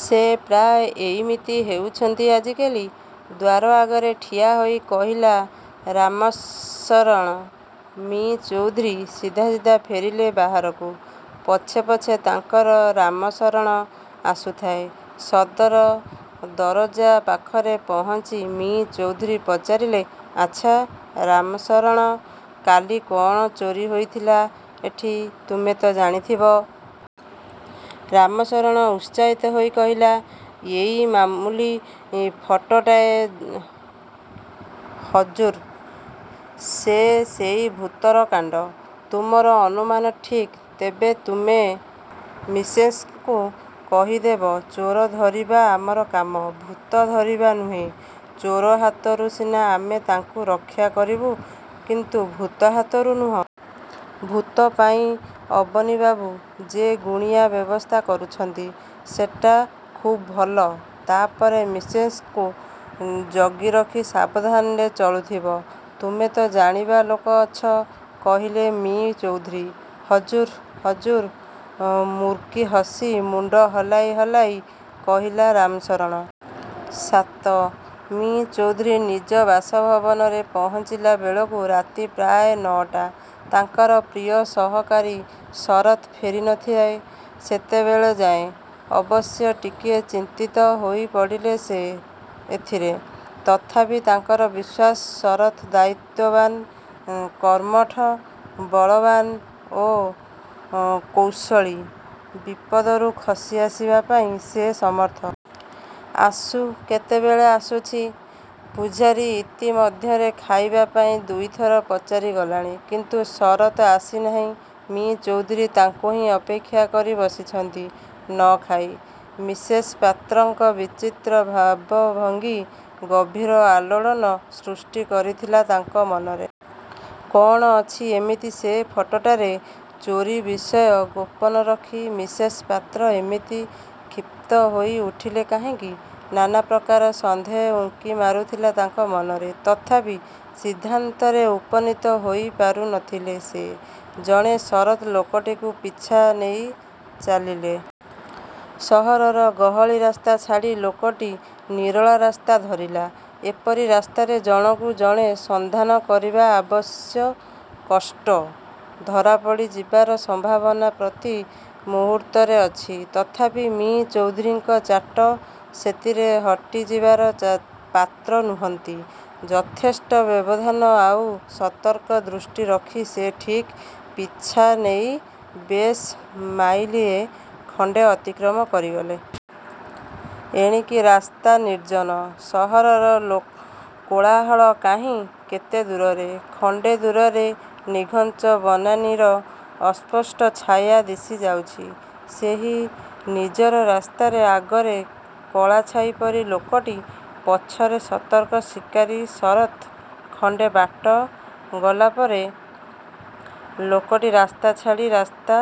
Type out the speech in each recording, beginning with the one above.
ସେ ପ୍ରାୟ ଏଇମିତି ହେଉଛନ୍ତି ଆଜିକାଲି। '' ଦ୍ୱାର ଆଗରେ ଠିଆ ହୋଇ କହିଲା ରାମଶରଣ। ମି: ଚୌଧୁରୀ ସିଧା ସିଧା ଫେରିଲେ ବାହାରକୁ। ପଛେ ପଛେ ତାଙ୍କର ରାମଶରଣ ଆସୁଥାଏ। ସଦର ଦରଜା ପାଖରେ ପହଞ୍ଚି ମି: ଚୌଧୁରୀ ପଚାରିଲେ, ''ଆଚ୍ଛା, ରାମଶରଣ! କାଲି କ'ଣ ଚୋରୀ ହୋଇଥିଲା ଏଠି, ତୁମେ ତ ଜାଣିଥିବ? '' ରାମଶରଣ ଉତ୍ସାହିତ ହୋଇ କହିଲା-''ଏଇ ମାମୁଲି ଫଟୋଟାଏ ହଜୁର! ସେ ସେଇ ଭୂତର କାଣ୍ଡ। '' ''ତୁମର ଅନୁମାନ ଠିକ୍! ତେବେ ତୁମେ ମିସେସ୍ଙ୍କୁ କହିଦେବ ଚୋର ଧରିବା ଆମର କାମ, ଭୂତ ଧରିବା ନୁହେ। ଚୋର ହାତରୁ ସିନା ଆମେ ତାଙ୍କୁ ରକ୍ଷା କରିବୁ; କିନ୍ତୁ ଭୂତ ହାତରୁ ନୁହେଁ। ଭୂତ ପାଇଁ ଅବନୀବାବୁ ଯେ ଗୁଣିଆଁ ବ୍ୟବସ୍ଥା କରୁଛନ୍ତି, ସେଟା ଖୁବ୍ ଭଲ। ତା'ପରେ ମିସେସ୍ଙ୍କୁ ଜଗି ରଖି ସାବଧାନରେ ଚଳୁଥିବ। ତୁମେ ତ ଜାଣିବା ଲୋକ ଅଛ! '' କହିଲେ ମି: ଚୌଧୁରୀ। ''ହଜୁର, ହଜୁର''! ମୁରୁକି ହସି ମୁଣ୍ଡ ହଲାଉ ହଲାଉ କହିଲା ରାମଶରଣ। -ସାତ- ମି: ଚୌଧୁରୀ ନିଜ ବାସଭବନରେ ପହଞ୍ଚିଲା ବେଳକୁ ରାତି ପ୍ରାୟ ନଅଟା। ତାଙ୍କର ପ୍ରିୟ ସହକାରୀ ଶରତ୍ ଫେରି ନଥାଏ ସେତେବେଳଯାଏ। ଅବଶ୍ୟ ଟିକିଏ ଚିନ୍ତିତ ହୋଇ ପଡ଼ିଲେ ସେ ଏଥିରେ। ତଥାପି ତାଙ୍କର ବିଶ୍ୱାସ ଶରତ୍ ଦାୟିତ୍ୱବାନ, କର୍ମଠ, ବଳବାନ୍ ଓ କୌଶଳୀ; ବିପଦରୁ ଖସି ଆସିବା ପାଇଁ ସେ ସମର୍ଥ। ଆସୁ କେତେବେଳେ ଆସୁଛି! ପୁଝାରୀ ଇତି ମଧ୍ୟରେ ଖାଇବା ପାଇଁ ଦୁଇ ଥର ପଚାରି ଗଲାଣି; କିନ୍ତୁ ଶରତ୍ ଆସିନାହିଁ। ମି: ଚୌଧୁରୀ ତାଙ୍କୁ ହିଁ ଅପେକ୍ଷା କରି ବସିଛନ୍ତି-ନ ଖାଇ। ମିସେସ୍ ପାତ୍ରଙ୍କ ବିଚିତ୍ର ଭାବଭଙ୍ଗି ଗଭୀର ଆଲୋଡ଼ନ ସୃଷ୍ଟି କରିଥିଲା ତାଙ୍କ ମନରେ। କ'ଣ ଅଛି ଏମିତି ସେ ଫଟୋଟାରେ। ଚୋରୀ ବିଷୟ ଗୋପନରଖି ମିସେସ୍ ପାତ୍ର ଏମିତି କ୍ଷିପ୍ତ ହୋଇ ଉଠିଲେ କାହିଁକି-? ନାନା ପ୍ରକାର ସନ୍ଦେହ ଉଙ୍କି ମାରୁଥିଲା ତାଙ୍କ ମନରେ। ତଥାପି ସିଦ୍ଧାନ୍ତରେ ଉପନୀତ ହୋଇପାରୁ ନଥିଲେ ସେ। ଏଣେ ଶରତ୍ ଲୋକଟିର ପିଛା ନେଇ ଚାଲିଲେ। ସହରର ଗହଳି ରାସ୍ତା ଛାଡ଼ି ଲୋକଟି ନିରୋଳା ରାସ୍ତା ଧରିଲା। ଏପରି ରାସ୍ତାରେ ଜଣକୁ ଜଣେ ସନ୍ଧାନ କରିବା ଅବଶ୍ୟ କଷ୍ଟ-। ଧରାପଡ଼ିଯିବାର ସମ୍ଭାବନା ପ୍ରତି ମୁହୂର୍ତ୍ତରେ ଅଛି। ତଥାପି ମି: ଚୌଧୁରୀଙ୍କ ଚାଟ ସେଥିରେ ହଟିଯିବାର ପାତ୍ର ନୁହନ୍ତି। ଯଥେଷ୍ଟ ବ୍ୟବଧାନ ଆଉ ସତର୍କ ଦୃଷ୍ଟି ରଖି ସେ ଠିକ୍ ପିଛାନେଇ ବେଶ୍ ମାଇଲିଏ ଖଣ୍ଡେ ଅତିକ୍ରମ କରିଗଲେ। ଏଣିକି ରାସ୍ତା ନିର୍ଜନ। ସହରର କୋଳାହଳ କାହିଁ କେତେ ଦୂରରେ। ଖଣ୍ଡେ ଦୂରରେ ନିଘଞ୍ଚ ବନାନୀର ଅସ୍ପଷ୍ଟ ଛାୟା ଦିଶିଯାଉଛି। ସେହି ନିର୍ଜନ ରାସ୍ତାରେ ଆଗରେ କଳାଛାଇ ପରି ଲୋକଟି, ପଛରେ ସତର୍କ ଶିକାରୀ ଶରତ୍। ଖଣ୍ଡେ ବାଟ ଗଲାପରେ ଲୋକଟି ରାସ୍ତା ଛାଡ଼ି ରାସ୍ତା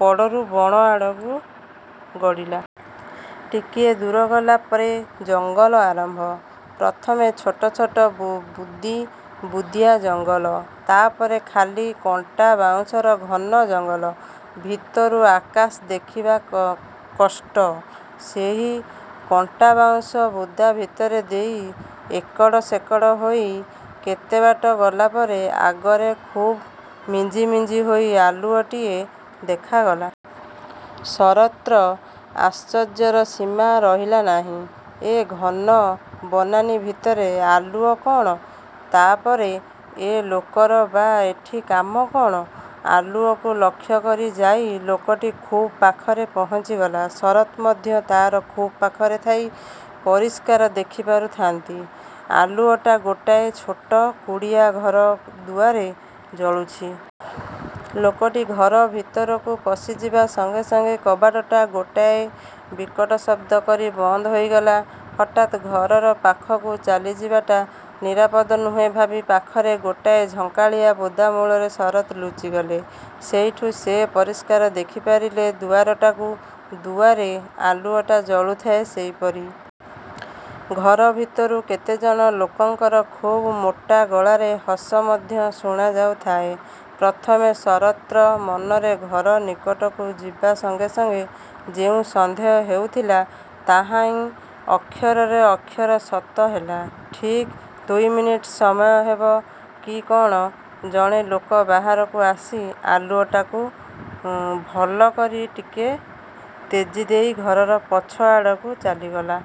କଡ଼ରୁ ବଣ ଆଡ଼କୁ ଗଡ଼ିଲା। ଟିକିଏ ଦୂର ଗଲା ପରେ ଜଙ୍ଗଲ ଆରମ୍ଭ। ପ୍ରଥମେ ଛୋଟ ଛୋଟ ବୁଦି ବୁଦିଆ ଜଙ୍ଗଲ। ତା'ପରେ ଖାଲି କଣ୍ଟାବାଉଁଶର ଘନ ଜଙ୍ଗଲ। ଭିତରୁ ଆକାଶ ଦେଖିବା କଷ୍ଟ। ସେହି କଣ୍ଟାବାଉଁଶ ବୁଦା ଭିତର ଦେଇ ଏକଡ଼ ସେକଡ଼ ହୋଇ କେତେବାଟ ଗଲାପରେ ଆଗରେ ଖୁବ୍ ମିଞ୍ଜିମିଞ୍ଜି ହୋଇ ଆଲୁଅଟିଏ ଦେଖାଗଲା। ଶରତ୍ର ଆଶ୍ଚର୍ଯ୍ୟର ସୀମା ରହିଲା ନାହିଁ। ଏ ଘନ ବନାନୀ ଭିତରେ ଆଲୁଅ କ'ଣ, ତା'ପରେ ଏ ଲୋକର ବା ଏଠି କାମ କ'ଣ? ଆଲୁଅକୁ ଲକ୍ଷ୍ୟ କରି ଯାଇ ଲୋକଟି ଖୁବ୍ ପାଖରେ ପହଞ୍ଚିଗଲା। ଶରତ୍ ମଧ୍ୟ ତା'ର ଖୁବ୍ ପାଖରେ ଥାଇ ପରିଷ୍କାର ଦେଖି ପାରୁଥାନ୍ତି, ଆଲୁଅଟା ଗୋଟାଏ ଛୋଟ କୁଡ଼ିଆ ଘର ଦୁଆରେ ଜଳୁଛି। ଲୋକଟି ଘର ଭିତରକୁ ପଶିଯିବା ସଙ୍ଗେ ସଙ୍ଗେ କବାଟଟା ଗୋଟାଏ ବିକଟ ଶବ୍ଦ କରି ବନ୍ଦ ହୋଇଗଲା। ହଠାତ୍ ଘରର ପାଖକୁ ଚାଲିଯିବାଟା ନିରାପଦ ନୁହେଁ ଭାବି ପାଖରେ ଗୋଟାଏ ଝଙ୍କାଳିଆ ବୁଦା ମୂଳରେ ଶରତ୍ ଲୁଚିଗଲେ। ସେଇଠୁ ସେ ପରିଷ୍କାର ଦେଖିପାରିଲେ ଦୁଆରଟାକୁ-। ଦୁଆରେ ଆଲୁଅଟା ଜଳୁଥାଏ ସେଇପରି। ଘର ଭିତରୁ କେତେଜଣ ଲୋକଙ୍କର ଖୁବ୍ ମୋଟା ଗଳାରେ ହସ ମଧ୍ୟ ଶୁଣାଯାଉଥାଏ। ପ୍ରଥମେ ଶରତ୍ର ମନରେ ଘର ନିକଟକୁ ଯିବା ସଙ୍ଗେ ସଙ୍ଗେ ଯେଉଁ ସନ୍ଦେହ ହେଉଥିଲା, ତାହାହିଁ ଅକ୍ଷରରେ ଅକ୍ଷର ସତ ହେଲା। ଠିକ୍ ଦୁଇମିନିଟ୍ ସମୟ ହେବ କି କ'ଣ, ଜଣେ ଲୋକ ବାହାରକୁ ଆସି ଆଲୁଅଟାକୁ ଭଲ କରି ଟିକେ ତେଜି ଦେଇ ଘରର ପଛ ଆଡ଼କୁ ଚାଲିଗଲା।